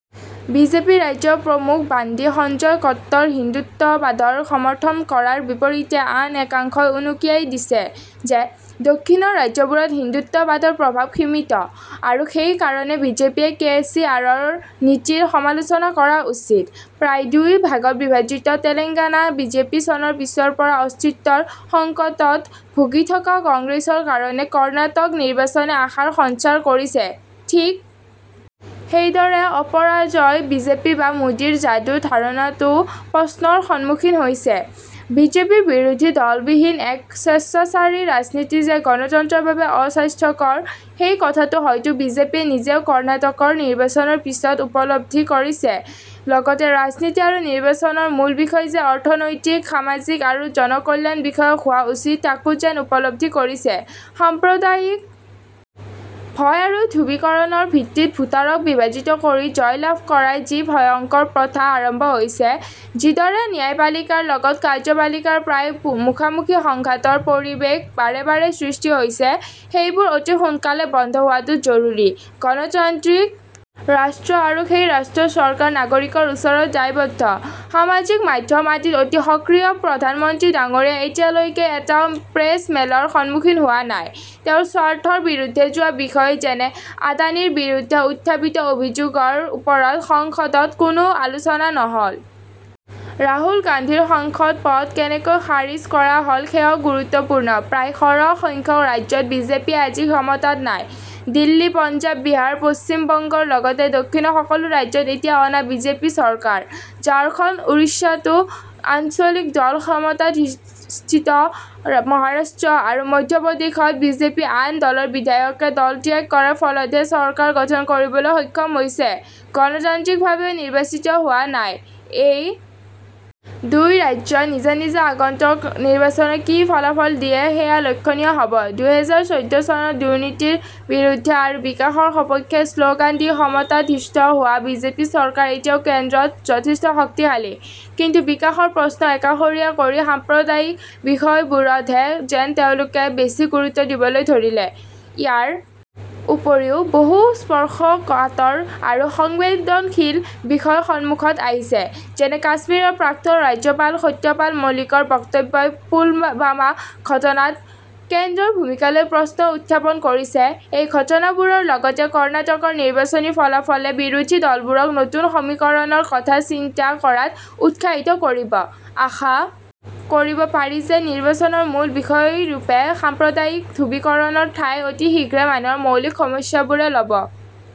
BJP ৰাজ্য প্ৰমূখ বান্ডী সঞ্জয় কট্টৰ হিন্দুত্ববাদৰ সমৰ্থন কৰাৰ বিপৰীতে আন একাংশই উনুকিয়াই দিছে যে দক্ষিণৰ ৰাজ্যবোৰত হিন্দুত্ববাদৰ প্ৰভাৱ সীমিত আৰু সেই কাৰণে বিজেপিয়ে কে চি আৰৰ নীতিৰ সমালোচনা কৰা উচিত। প্ৰায় দুই ভাগত বিভাজিত তেলেঙ্গানা বিজেপি চনৰ পিছৰ পৰা অস্তিত্বৰ সংকটত ভুগি থকা কংগ্ৰেছৰ কাৰণে কৰ্ণাটক নিৰ্বাচনে আশাৰ সঞ্চাৰ কৰিছে। ঠিক সেইদৰে অপৰাজয় বিজেপি বা মোদীৰ যাদুৰ ধাৰণাটোও প্ৰশ্নৰ সন্মুখীন হৈছে। বিজেপিৰ বিৰোধী দলবিহীন এক স্বেচ্ছাচাৰী ৰাজনীতি যে গণতন্ত্ৰৰ বাবে অস্বাস্থ্যকৰ সেই কথাটো হয়তো বিজেপিয়ে নিজেও কৰ্ণাটকৰ নিৰ্বাচনৰ পিছত উপলব্ধি কৰিছে। লগতে ৰাজনীতি আৰু নিৰ্বাচনৰ মূল বিষয় যে অৰ্থনৈতিক সামাজিক আৰু জনকল্যান বিষয়ক হোৱা উচিত তাকো যেন উপলব্ধি কৰিছে। সাম্প্ৰদায়িক ভয় আৰু ধ্ৰুৱীকৰণৰ ভিত্তিত ভোটাৰক বিভাজিত কৰি জয় লাভ কৰাৰ যি ভয়ঙ্কৰ প্ৰথা আৰম্ভ হৈছে, যিদৰে ন্যায়পালিকাৰ লগত কাৰ্য্যপালিকাৰ প্ৰায় মুখামুখি সংঘাতৰ পৰিবেশ বাৰে বাৰে সৃষ্টি হৈছে, সেইবোৰ অতি সোনকালে বন্ধ হোৱাটো জৰুৰী। গণতান্ত্ৰিক ৰাষ্ট্ৰ আৰু সেই ৰাষ্ট্ৰৰ চৰকাৰ নাগৰিকৰ ওচৰত দায়বদ্ধ। সামাজিক মাধ্যম আদিত অতি সক্ৰিয় প্ৰধান মন্ত্ৰী ডাঙৰীয়াই এতিয়ালৈকে এটাও প্ৰেছ মেলৰ সন্মুখীন হোৱা নাই। তেওঁৰ স্বাৰ্থৰ বিৰুদ্ধে যোৱা বিষয় যেনে আদানীৰ বিৰুদ্ধে উত্থাপিত অভিযোগৰ ওপৰত সংসদত কোনো আলোচনা নহল। ৰাহুল গান্ধীৰ সাংসদ পদ কেনেকৈ খাৰিজ কৰা হল সেয়াও গুৰুত্বপূৰ্ণ। প্ৰায় সৰহ সংখ্যক ৰাজ্যত বিজেপি আজি ক্ষমতাত নাই। দিল্লী, পঞ্জাব, বিহাৰ, পশ্চিম বংগৰ লগতে দক্ষিণৰ সকলো ৰাজ্যত এতিয়া অনা বিজেপি চৰকাৰ। ঝাৰখণ্ড ওড়িষ্যাতো আঞ্চলিক দল ক্ষমতাধিষ্ঠিত মহাৰাষ্ট্ৰ আৰু মধ্য প্ৰদেশত বিজেপি আন দলৰ বিধায়কে দলত্যাগ কৰাৰ ফলতহে চৰকাৰ গঠন কৰিবলৈ সক্ষম হৈছে, গণতান্ত্ৰিকভাৱে নিৰ্বাচিত হোৱা নাই। এই দুই ৰাজ্য নিজা-নিজা আগন্তুক নিৰ্বাচনত কি ফলাফল দিয়ে সেয়া লক্ষ্যনীয় হব। দুহেজাৰ চৈধ্য চনত দুৰ্নীতিৰ বিৰুদ্ধে আৰু বিকাশৰ সপক্ষে শ্লগান দি ক্ষমতাধিষ্ঠ হোৱা বিজেপি চৰকাৰ এতিয়াও কেন্দ্ৰত যথেষ্ট শক্তিশালী। কিন্তু বিকাশৰ প্ৰশ্ন একাষৰীয়া কৰি সাম্প্ৰদায়িক বিষয়বোৰতহে যেন তেওঁলোকে বেছি গুৰুত্ব দিবলৈ ধৰিলে। ইয়াৰ ওপৰিও বহু স্পৰ্শকাতৰ আৰু সংবেদনশীল বিষয় সন্মুখত আহিছে, যেনে কাশ্মীৰৰ প্ৰাক্তন ৰাজ্যপাল সত্যপাল মলিকৰ বক্তব্যই পুলৱামা ঘটনাত কেন্দ্ৰৰ ভূমিকালৈ প্ৰশ্ন উত্থাপন কৰিছে। এই ঘটনাবোৰৰ লগতে কৰ্ণাটকৰ নিৰ্বাচনী ফলাফলে বিৰোধী দলবোৰক নতুন সমীকৰণৰ কথা চিন্তা কৰাত উৎসাহিত কৰিব। আশা কৰিব পাৰি যে নিৰ্বাচনৰ মূল বিষয়ৰূপে সাম্প্ৰদায়িক ধ্ৰুৱীকৰণৰ ঠাই অতি শীঘ্ৰে মানুহৰ মৌলিক সমস্যাবোৰে ল'ব।